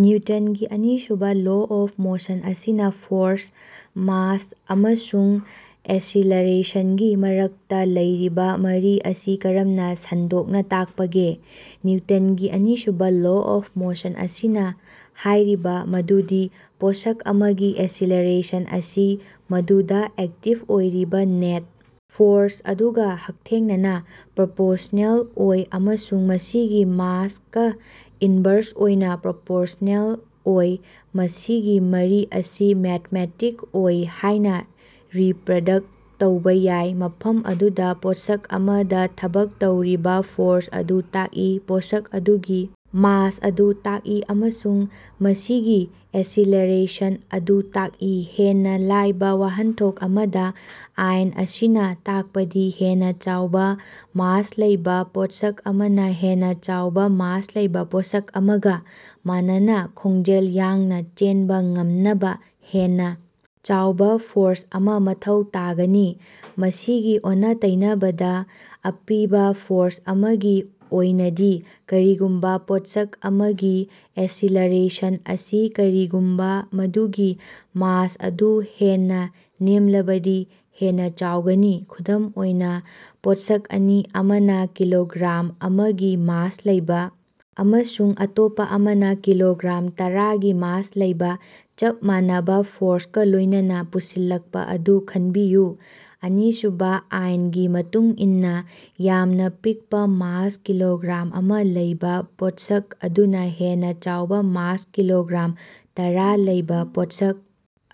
ꯅꯤꯎꯇꯟꯒꯤ ꯑꯅꯤꯁꯨꯕ law of motion ꯑꯁꯤꯅ force, mass ꯑꯃꯁꯨꯡ ꯑꯦꯁꯤꯂꯔꯦꯁꯟꯒꯤ ꯃꯔꯛꯇ ꯂꯩꯔꯤꯕ ꯃꯔꯤ ꯑꯁꯤ ꯀꯔꯝꯅ ꯁꯟꯗꯣꯛꯅ ꯇꯥꯛꯄꯒꯦ? ꯅꯤꯎꯇꯟꯒꯤ ꯑꯅꯤꯁꯨꯕ ꯂꯣ ꯑꯣꯐ ꯃꯣꯁꯟ ꯑꯁꯤꯅ ꯍꯥꯏꯔꯤꯕ ꯃꯗꯨꯗꯤ ꯄꯣꯠꯁꯛ ꯑꯃꯒꯤ ꯑꯦꯁꯤꯂꯔꯦꯁꯟ ꯑꯁꯤ ꯃꯗꯨꯗ ꯑꯦꯛꯇꯤꯕ ꯑꯣꯏꯔꯤꯕ ꯅꯦꯠ ꯐꯣꯔꯁ ꯑꯗꯨꯒ ꯍꯛꯊꯦꯡꯅꯅ ꯄ꯭ꯔꯣꯄꯣꯔꯁ꯭ꯅꯦꯜ ꯑꯣꯏ ꯑꯃꯁꯨꯡ ꯃꯁꯤꯒꯤ ꯃꯥꯁ ꯀꯥ ꯏꯟꯕꯔꯁ ꯑꯣꯏꯅ ꯄ꯭ꯔꯣꯄꯣꯔꯁ꯭ꯑꯦꯜ ꯑꯣꯏ꯫ ꯃꯁꯤꯒꯤ ꯃꯔꯤ ꯑꯁꯤ ꯃꯦꯊꯃꯦꯇꯤꯛ ꯑꯣꯏ ꯍꯥꯏꯅ ꯔꯤꯄꯔꯗꯛ ꯇꯧꯕ ꯌꯥꯏ, ꯃꯐꯝ ꯑꯗꯨꯗ ꯄꯣꯠꯁꯛ ꯑꯃꯗ ꯊꯕꯛ ꯇꯧꯔꯤꯕ ꯐꯣꯔꯁ ꯑꯗꯨ ꯇꯥꯛꯏ, ꯄꯣꯠꯁꯛ ꯑꯗꯨꯒꯤ ꯃꯥꯁ ꯑꯗꯨ ꯇꯥꯛꯏ, ꯑꯃꯁꯨꯡ ꯃꯁꯤꯒꯤ ꯑꯦꯁꯤꯂꯔꯦꯁꯟ ꯑꯗꯨ ꯇꯥꯛꯏ꯫ ꯍꯦꯟꯅ ꯂꯥꯏꯕ ꯋꯥꯍꯟꯊꯣꯛ ꯑꯃꯗ, ꯑꯥꯏꯟ ꯑꯁꯤꯅ ꯇꯥꯛꯄꯗꯤ ꯍꯦꯟꯅ ꯆꯥꯎꯕ ꯃꯥꯁ ꯂꯩꯕ ꯄꯣꯠꯁꯛ ꯑꯃꯅ ꯍꯦꯟꯅ ꯆꯥꯎꯕ ꯃꯥꯁ ꯂꯩꯕ ꯄꯣꯠꯁꯛ ꯑꯃꯒ ꯃꯥꯟꯅꯅ ꯈꯣꯡꯖꯦꯜ ꯌꯥꯡꯅ ꯆꯦꯟꯕ ꯉꯝꯅꯕ ꯍꯦꯟꯅ ꯆꯥꯎꯕ ꯐꯣꯔꯁ ꯑꯃ ꯃꯊꯧ ꯇꯥꯒꯅꯤ꯫ ꯃꯁꯤꯒꯤ ꯑꯣꯟꯅ-ꯇꯩꯅꯕꯗ, ꯑꯄꯤꯕ ꯐꯣꯔꯁ ꯑꯃꯒꯤ ꯑꯣꯏꯅꯗꯤ, ꯀꯔꯤꯒꯨꯝꯕ ꯄꯣꯠꯁꯛ ꯑꯃꯒꯤ ꯑꯦꯁꯤꯂꯔꯦꯁꯟ ꯑꯁꯤ ꯀꯔꯤꯒꯨꯝꯕ ꯃꯗꯨꯒꯤ ꯃꯥꯁ ꯑꯗꯨ ꯍꯦꯟꯅ ꯅꯦꯝꯂꯕꯗꯤ ꯍꯦꯟꯅ ꯆꯥꯎꯒꯅꯤ꯫ ꯈꯨꯗꯝ ꯑꯣꯏꯅ, ꯄꯣꯠꯁꯛ ꯑꯅꯤ, ꯑꯃꯅ ꯀꯤꯂꯣꯒ꯭ꯔꯥꯝ ꯑꯃꯒꯤ ꯃꯥꯁ ꯂꯩꯕ ꯑꯃꯁꯨꯡ ꯑꯇꯣꯞꯄ ꯑꯃꯅ ꯀꯤꯂꯣꯒ꯭ꯔꯥꯝ ꯇꯔꯥꯒꯤ ꯃꯥꯁ ꯂꯩꯕ, ꯆꯞ ꯃꯥꯟꯅꯕ ꯐꯣꯔꯁꯀ ꯂꯣꯏꯅꯅ ꯄꯨꯁꯤꯜꯂꯛꯄ ꯑꯗꯨ ꯈꯟꯕꯤꯌꯨ꯫ ꯑꯅꯤꯁꯨꯕ ꯑꯥꯏꯟꯒꯤ ꯃꯇꯨꯡ ꯏꯟꯅ, ꯌꯥꯝꯅ ꯄꯤꯛꯄ ꯃꯥꯁ ꯀꯤꯂꯣꯒ꯭ꯔꯥꯝ ꯑꯃ ꯂꯩꯕ ꯄꯣꯠꯁꯛ ꯑꯗꯨꯅ ꯍꯦꯟꯅ ꯆꯥꯎꯕ ꯃꯥꯁ ꯀꯤꯂꯣꯒ꯭ꯔꯥꯝ ꯇꯔꯥ ꯂꯩꯕ ꯄꯣꯠꯁꯛ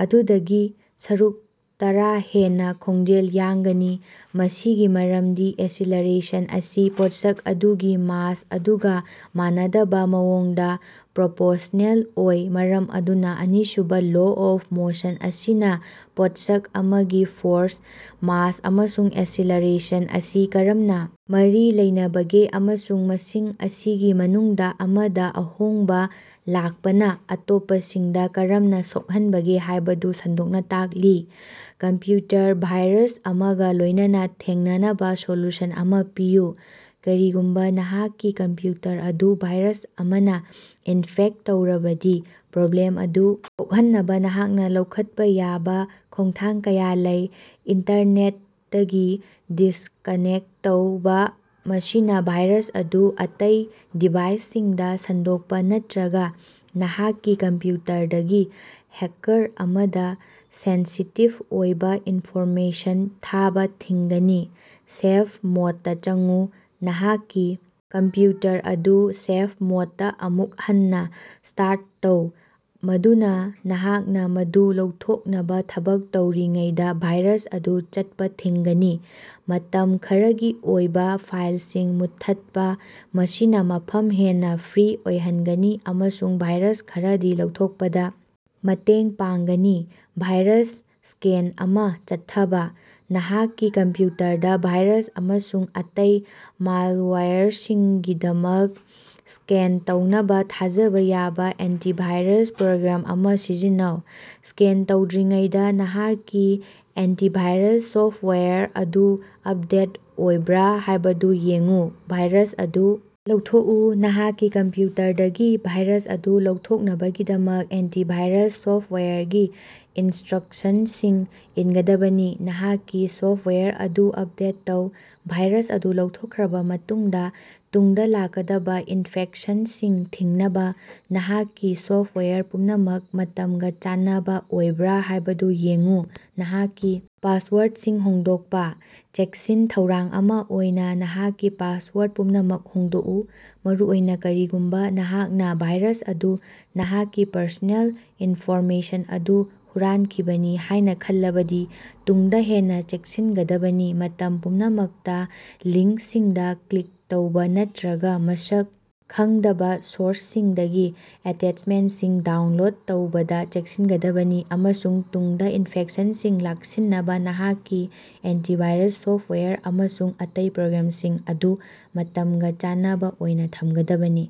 ꯑꯗꯨꯗꯒꯤ ꯁꯔꯨꯛ ꯇꯔ ꯍꯦꯟꯅ ꯈꯣꯡꯖꯦꯜ ꯌꯥꯡꯒꯅꯤ꯫ ꯃꯁꯤꯒꯤ ꯃꯔꯝꯗꯤ ꯑꯦꯁꯤꯂꯔꯦꯁꯟ ꯑꯁꯤ ꯄꯣꯠꯁꯛ ꯑꯗꯨꯒꯤ ꯃꯥꯁ ꯑꯗꯨꯒ ꯃꯥꯟꯅꯗꯕ ꯃꯑꯣꯡꯗ ꯄ꯭ꯔꯣꯄꯣꯔꯁ꯭ꯅꯦꯜ ꯑꯣꯏ꯫ ꯃꯔꯝ ꯑꯗꯨꯅ ꯑꯅꯤꯁꯨꯕ ꯂꯣ ꯑꯣꯐ ꯃꯣꯁꯟ ꯑꯁꯤꯅ ꯄꯣꯠꯁꯛ ꯑꯃꯒꯤ ꯐꯣꯔꯁ, ꯃꯥꯁ ꯑꯃꯁꯨꯡ ꯑꯦꯁꯤꯂꯔꯦꯁꯟ ꯑꯁꯤ ꯀꯔꯝꯅ ꯃꯔꯤ ꯂꯩꯅꯕꯒꯦ ꯑꯃꯁꯨꯡ ꯃꯁꯤꯡ ꯑꯁꯤꯒꯤ ꯃꯅꯨꯡꯗ ꯑꯃꯗ ꯑꯍꯣꯡꯕ ꯂꯥꯛꯄꯅ ꯑꯇꯣꯞꯄꯁꯤꯡꯗ ꯀꯔꯝꯅ ꯁꯣꯛꯍꯟꯕꯒꯦ ꯍꯥꯏꯕꯗꯨ ꯁꯟꯗꯣꯛꯅ ꯇꯥꯛꯂꯤ꯫ ꯀꯝꯄ꯭ꯌꯨꯇꯔ ꯚꯥꯏꯔꯁ ꯑꯃꯒ ꯂꯣꯏꯅꯅ ꯊꯦꯡꯅꯅꯕ ꯁꯣꯂꯨꯁꯟ ꯑꯃ ꯄꯤꯌꯨ꯫ ꯀꯔꯤꯒꯨꯝꯕ ꯅꯍꯥꯛꯀꯤ ꯀꯝꯄ꯭ꯌꯨꯇꯔ ꯑꯗꯨ ꯚꯥꯏꯔꯁ ꯑꯃꯅ ꯏꯟꯐꯦꯛꯇ ꯇꯧꯔꯕꯗꯤ, ꯄ꯭ꯔꯣꯕ꯭ꯂꯦꯝ ꯑꯗꯨ ꯀꯣꯛꯍꯟꯅꯕ ꯅꯍꯥꯛꯅ ꯂꯧꯈꯠꯄ ꯌꯥꯕ ꯈꯣꯡꯊꯥꯡ ꯀꯌꯥ ꯂꯩ - ꯏꯟꯇꯔꯅꯦꯠꯇꯒꯤ ꯗꯤꯁꯀꯥꯅꯦꯛꯇ ꯇꯧꯕ - ꯃꯁꯤꯅ ꯚꯥꯏꯔꯁ ꯑꯗꯨ ꯑꯇꯩ ꯗꯤꯚꯥꯏꯁꯁꯤꯡꯗ ꯁꯟꯗꯣꯛꯄ ꯅꯠꯇꯔꯒ ꯅꯍꯥꯛꯀꯤ ꯀꯝꯄ꯭ꯌꯨꯇꯔꯗꯒꯤ ꯍꯦꯀꯥꯔ ꯑꯃꯗ ꯁꯦꯟꯁꯤꯇꯤꯚ ꯑꯣꯏꯕ ꯏꯟꯐꯣꯔꯃꯦꯁꯟ ꯊꯥꯕ ꯊꯤꯡꯒꯅꯤ꯫ ꯁꯦꯐ ꯃꯣꯗꯇꯥ ꯆꯪꯎ - ꯅꯍꯥꯛꯀꯤ ꯀꯝꯄ꯭ꯌꯨꯇꯔ ꯑꯗꯨ ꯁꯦꯐ ꯃꯣꯗꯇꯥ ꯑꯃꯨꯛ ꯍꯟꯅ ꯁ꯭ꯇꯥꯔꯠ ꯇꯧ, ꯃꯗꯨꯅ ꯅꯍꯥꯛꯅ ꯃꯗꯨ ꯂꯧꯊꯣꯛꯅꯕ ꯊꯕꯛ ꯇꯧꯔꯤꯉꯩꯗ ꯚꯥꯏꯔꯁ ꯑꯗꯨ ꯆꯠꯄ ꯊꯤꯡꯒꯅꯤ꯫ ꯃꯇꯝ ꯈꯔꯒꯤ ꯑꯣꯏꯕ ꯐꯥꯏꯜꯁꯤꯡ ꯃꯨꯠꯊꯠꯄ - ꯃꯁꯤꯅ ꯃꯐꯝ ꯍꯦꯟꯅ ꯐ꯭ꯔꯤ ꯑꯣꯏꯍꯟꯒꯅꯤ ꯑꯃꯁꯨꯡ ꯚꯥꯏꯔꯁ ꯈꯔꯗꯤ ꯂꯧꯊꯣꯛꯄꯗ ꯃꯇꯦꯡ ꯄꯥꯡꯒꯅꯤ꯫ ꯚꯥꯏꯔꯁ ꯁ꯭ꯀꯦꯟ ꯑꯃ ꯆꯠꯊꯕ - ꯅꯍꯥꯛꯀꯤ ꯀꯝꯄ꯭ꯌꯨꯇꯔꯗ ꯚꯥꯏꯔꯁ ꯑꯃꯁꯨꯡ ꯑꯇꯩ ꯃꯥꯜꯋꯥꯌꯔꯁꯤꯡꯒꯤꯗꯃꯛ ꯁ꯭ꯀꯦꯟ ꯇꯧꯅꯕ ꯊꯥꯖꯕ ꯌꯥꯕ ꯑꯦꯟꯇꯤꯚꯥꯏꯔꯁ ꯄ꯭ꯔꯣꯒ꯭ꯔꯥꯝ ꯑꯃ ꯁꯤꯖꯤꯟꯅꯧ꯫ ꯁ꯭ꯀꯦꯟ ꯇꯧꯗ꯭ꯔꯤꯉꯩꯗ ꯅꯍꯥꯛꯀꯤ ꯑꯦꯟꯇꯤꯚꯥꯏꯔꯁ ꯁꯣꯐ꯭ꯇꯋꯥꯌꯔ ꯑꯗꯨ ꯑꯞꯗꯦꯠ ꯑꯣꯏꯕ꯭ꯔꯥ ꯍꯥꯏꯕꯗꯨ ꯌꯦꯡꯎ꯫ ꯚꯥꯏꯔꯁ ꯑꯗꯨ ꯂꯧꯊꯣꯛꯎ -ꯅꯍꯥꯛꯀꯤ ꯀꯝꯄ꯭ꯌꯨꯇꯔꯗꯒꯤ ꯚꯥꯏꯔꯁ ꯑꯗꯨ ꯂꯧꯊꯣꯛꯅꯕꯒꯤꯗꯃꯛ ꯑꯦꯟꯇꯤꯚꯥꯏꯔꯁ ꯁꯣꯐ꯭ꯇꯋꯥꯌꯔꯒꯤ ꯏꯟꯁꯇ꯭ꯔꯛꯁꯟꯁꯤꯡ ꯏꯟꯒꯗꯕꯅꯤ꯫ ꯅꯍꯥꯛꯀꯤ ꯁꯣꯐ꯭ꯇꯋꯥꯌꯔ ꯑꯗꯨ ꯑꯞꯗꯦꯠ ꯇꯧ - ꯚꯥꯏꯔꯁ ꯑꯗꯨ ꯂꯧꯊꯣꯛꯈ꯭ꯔꯕ ꯃꯇꯨꯡꯗ, ꯇꯨꯡꯗ ꯂꯥꯛꯀꯗꯕ ꯏꯟꯐꯦꯛꯁꯟꯁꯤꯡ ꯊꯤꯡꯅꯕ ꯅꯍꯥꯛꯀꯤ ꯁꯣꯐ꯭ꯇꯋꯥꯌꯔ ꯄꯨꯝꯅꯃꯛ ꯃꯇꯝꯒ ꯆꯥꯟꯅꯕ ꯑꯣꯏꯕ꯭ꯔꯥ ꯍꯥꯏꯕꯗꯨ ꯌꯦꯡꯎ꯫ ꯅꯍꯥꯛꯀꯤ ꯄꯥꯁꯋꯥꯔꯗꯁꯤꯡ ꯍꯣꯡꯗꯣꯛꯄ - ꯆꯦꯛꯁꯤꯟ ꯊꯧꯔꯥꯡ ꯑꯃ ꯑꯣꯏꯅ ꯅꯍꯥꯛꯀꯤ ꯄꯥꯁꯋꯥꯔꯗ ꯄꯨꯝꯅꯃꯛ ꯍꯣꯡꯗꯣꯛꯎ, ꯃꯔꯨꯑꯣꯏꯅ ꯀꯔꯤꯒꯨꯝꯕ ꯅꯍꯥꯛꯅ ꯚꯥꯏꯔꯁ ꯑꯗꯨꯅ ꯅꯍꯥꯛꯀꯤ ꯄꯔꯁꯣꯅꯦꯜ ꯏꯟꯐꯣꯔꯃꯦꯁꯟ ꯑꯗꯨ ꯍꯨꯔꯥꯟꯈꯤꯕꯅꯤ ꯍꯥꯏꯅ ꯈꯜꯂꯕꯗꯤ, ꯇꯨꯡꯗ ꯍꯦꯟꯅ ꯆꯦꯛꯁꯤꯟꯒꯗꯕꯅꯤ꯫ ꯃꯇꯝ ꯄꯨꯝꯅꯃꯛꯇ ꯂꯤꯡ꯭ꯀꯁꯤꯡꯗ ꯀ꯭ꯂꯤꯛ ꯇꯧꯕ ꯅꯠꯇꯔꯒ ꯃꯁꯛ ꯈꯪꯗꯕ ꯁꯣꯔꯁꯁꯤꯡꯗꯒꯤ ꯑꯦꯇꯦꯆꯃꯦꯟꯇꯁꯤꯡ ꯗꯥꯎꯟꯂꯣꯗ ꯇꯧꯕꯗ ꯆꯦꯛꯁꯤꯟꯒꯗꯕꯅꯤ, ꯑꯃꯁꯨꯡ ꯇꯨꯡꯗ ꯏꯟꯐꯦꯛꯁꯟꯁꯤꯡ ꯂꯥꯛꯁꯤꯟꯅꯕ ꯅꯍꯥꯛꯀꯤ ꯑꯦꯟꯇꯤꯚꯥꯏꯔꯁ ꯁꯣꯐ꯭ꯇꯋꯥꯌꯔ ꯑꯃꯁꯨꯡ ꯑꯇꯩ ꯄ꯭ꯔꯣꯒ꯭ꯔꯥꯝꯁꯤꯡ ꯑꯗꯨ ꯃꯇꯝꯒ ꯆꯥꯟꯅꯕ ꯑꯣꯏꯅ ꯊꯝꯒꯗꯕꯅꯤ꯫